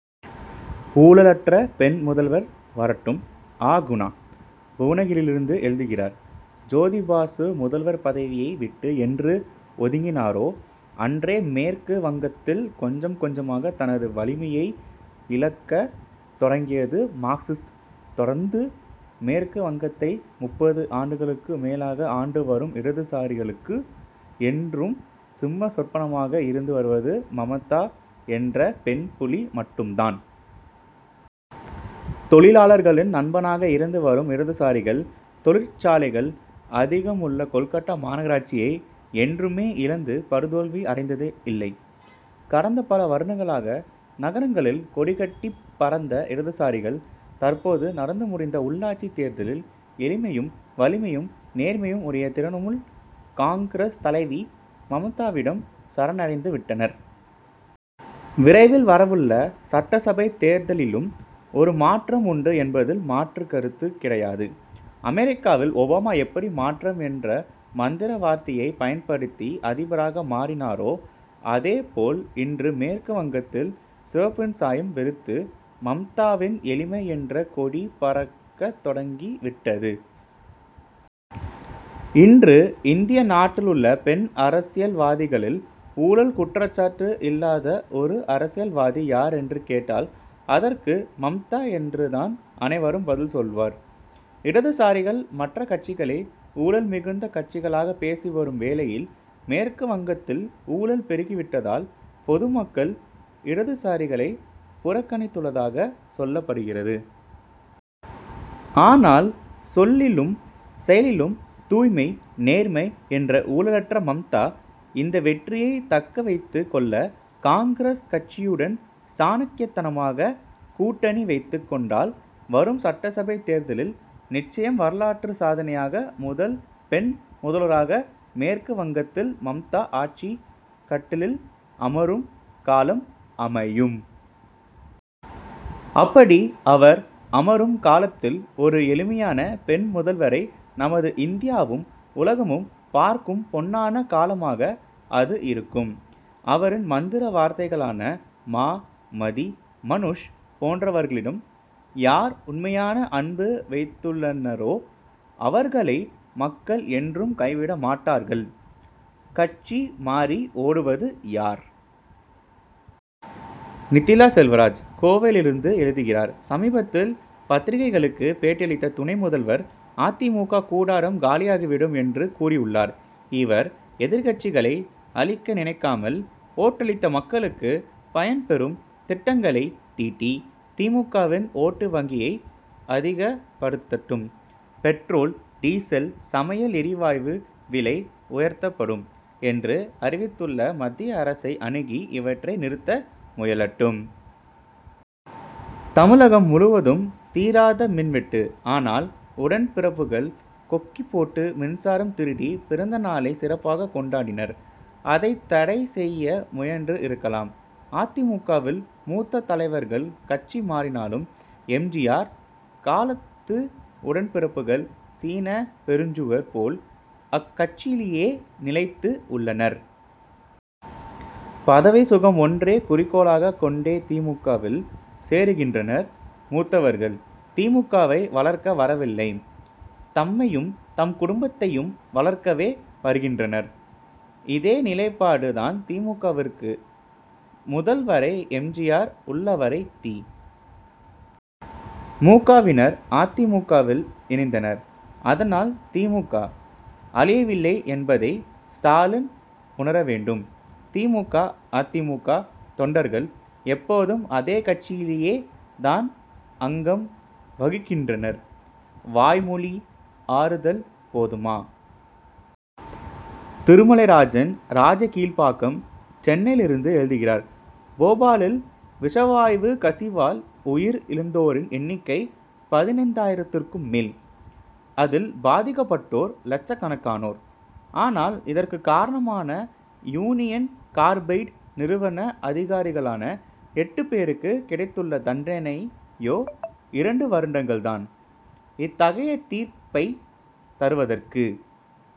ஊழலற்ற பெண் முதல்வர் வரட்டும்! அ. குணா, புவனகிரியிலிருந்து எழுதுகிறார் ஜோதிபாசு முதல்வர் பதவியை விட்டு என்று ஒதுங்கினாரோ, அன்றே மேற்கு வங்கத்தில் கொஞ்சம் கொஞ்சமாக தனது வலிமையை இழக்கத் தொடங்கியது மார்க்சிஸ்ட். தொடர்ந்து, மேற்கு வங்கத்தை முப்பது ஆண்டுகளுக்கு மேலாக ஆண்டு வரும் இடதுசாரிகளுக்கு, என்றும் சிம்ம சொப்பனமாக இருந்து வருவது மம்தா என்ற பெண் புலி மட்டும்தான். தொழிலாளர்களின் நண்பனாக இருந்து வரும் இடதுசாரிகள், தொழிற்சாலைகள் அதிகம் உள்ள கோல்கட்டா மாநகராட்சியை என்றுமே இழந்து படுதோல்வி அடைந்தது இல்லை. கடந்த பல வருடங்களாக, நகரங்களில் கொடிகட்டிப் பறந்த இடதுசாரிகள், தற்போது நடந்து முடிந்த உள்ளாட்சித் தேர்தலில் எளிமையும், வலிமையும், நேர்மையும் உடைய திரிணமுல் காங்கிரஸ் தலைவி மம்தாவிடம் சரண் அடைந்துவிட்டனர். விரைவில் வரவுள்ள சட்டசபைத் தேர்தலிலும், ஒரு மாற்றம் உண்டு என்பதில் மாற்றுக் கருத்துக் கிடையாது. அமெரிக்காவில் ஒபாமா எப்படி மாற்றம் என்ற மந்திர வார்த்தையைப் பயன்படுத்தி அதிபராக மாறினாரோ, அதே போல் இன்று மேற்கு வங்கத்தில் சிவப்பின் சாயம் வெளுத்து, மம்தாவின் எளிமை என்ற கொடி பறக்கத் தொடங்கி விட்டது. இன்று, இந்திய நாட்டில் உள்ள பெண் அரசியல்வாதிகளில், ஊழல் குற்றச்சாட்டு இல்லாத ஒரு அரசியல்வாதி யார் என்று கேட்டால், அதற்கு மம்தா என்று தான் அனைவரும் பதில் சொல்வர். இடதுசாரிகள், மற்ற கட்சிகளை ஊழல் மிகுந்த கட்சிகளாக பேசி வரும் வேளையில், மேற்கு வங்கத்தில் ஊழல் பெருகிவிட்டதால், பொதுமக்கள் இடதுசாரிகளை புறக்கணித்துள்ளதாக சொல்லப்படுகிறது. ஆனால், சொல்லிலும், செயலிலும் தூய்மை, நேர்மை என்ற ஊழலற்ற மம்தா, இந்த வெற்றியை தக்க வைத்துக் கொள்ள, காங்கிரஸ் கட்சியுடன், சாணக்கியத்தனமாக கூட்டணி வைத்துக் கொண்டால், வரும் சட்டசபை தேர்தலில் நிச்சயம் வரலாற்று சாதனையாக, முதல் பெண் முதல்வராக, மேற்கு வங்கத்தில் மம்தா ஆட்சிக் கட்டிலில் அமரும் காலம் அமையும். அப்படி, அவர் அமரும் காலத்தில் ஒரு எளிமையான பெண் முதல்வரை நமது இந்தியாவும், உலகமும் பார்க்கும் பொன்னான காலமாக அது இருக்கும். அவரின் மந்திர வார்த்தைகளான மா, மதி, மநூஷ் போன்றவர்களிடம், யார் உண்மையான அன்பு வைத்துள்ளனரோ, அவர்களை மக்கள் என்றும் கைவிட மாட்டார்கள். கட்சி மாறி ஓடுவது யார்? நித்திலா செல்வராஜ், கோவையிலிருந்து எழுதுகிறார் சமீபத்தில் பத்திரிகைகளுக்கு பேட்டியளித்த துணை முதல்வர், அ. தி. மு. க. கூடாரம் காலியாகிவிடும்' என்று கூறியுள்ளார். இவர், எதிர்க்கட்சிகளை அழிக்க நினைக்காமல், ஓட்டளித்த மக்களுக்கு பயன்பெறும் திட்டங்களை தீட்டி, தி. மு. க.வின் ஓட்டு வங்கியை அதிகப்படுத்தட்டும். பெட்ரோல், டீசல், சமையல் எரிவாயு விலை உயர்த்தப்படும்' என்று அறிவித்துள்ள மத்திய அரசை அணுகி, இவற்றை நிறுத்த முயலட்டும். தமிழகம் முழுவதும், தீராத மின்வெட்டு. ஆனால், உடன்பிறப்புகள், கொக்கிபோட்டு மின்சாரம் திருடி, பிறந்தநாளை சிறப்பாக கொண்டாடினர். அதைத் தடை செய்ய முயன்று இருக்கலாம்! அ. தி. மு. க.வில், மூத்த தலைவர்கள் கட்சி மாறினாலும், எம். ஜி. ஆர். காலத்து உடன்பிறப்புகள், சீன பெருஞ்சுவர் போல், அக்கட்சியிலேயே நிலைத்து உள்ளனர். பதவி சுகம் ஒன்றை குறிக்கோளாக கொண்டே தி. மு. க.வில் சேருகின்றனர் மூத்தவர்கள். தி. மு. க.வை வளர்க்க வரவில்லை, தம்மையும், தம் குடும்பத்தையும் வளர்க்கவே வருகின்றனர். இதே நிலைபாடு தான் தி. மு. க.விற்கு. முதல், வரை, எம். ஜி. ஆர். உள்ளவரை, தி. மு. க.வினர், அ. தி. மு. க.வில் இணைந்தனர். அதனால், தி. மு. க. அழியவில்லை என்பதை ஸ்டாலின் உணர வேண்டும். தி. மு. க. அ. தி. மு. க. தொண்டர்கள், எப்போதும் அதே கட்சியிலே தான் அங்கம் வகிக்கின்றனர். வாய்மொழி ஆறுதல் போதுமா? திருமலைராஜன், ராஜகீழ்ப்பாக்கம், சென்னையிலிருந்து எழுதுகிறார் போபாலில், விஷவாயுக் கசிவால் உயிர் இழந்தோரின் எண்ணிக்கை பதினைந்தாயிரத்துக்கும் மேல். அதில் பாதிக்கப்பட்டோர் லட்சக்கணக்கானோர். ஆனால், இதற்குக் காரணமான யூனியன் கார்பைடு நிறுவன அதிகாரிகளான, எட்டு பேருக்கு கிடைத்துள்ள தண்டனை யோ, இரண்டு வருடங்கள் தான்! இத்தகைய தீர்ப்பைத் தருவதற்கு,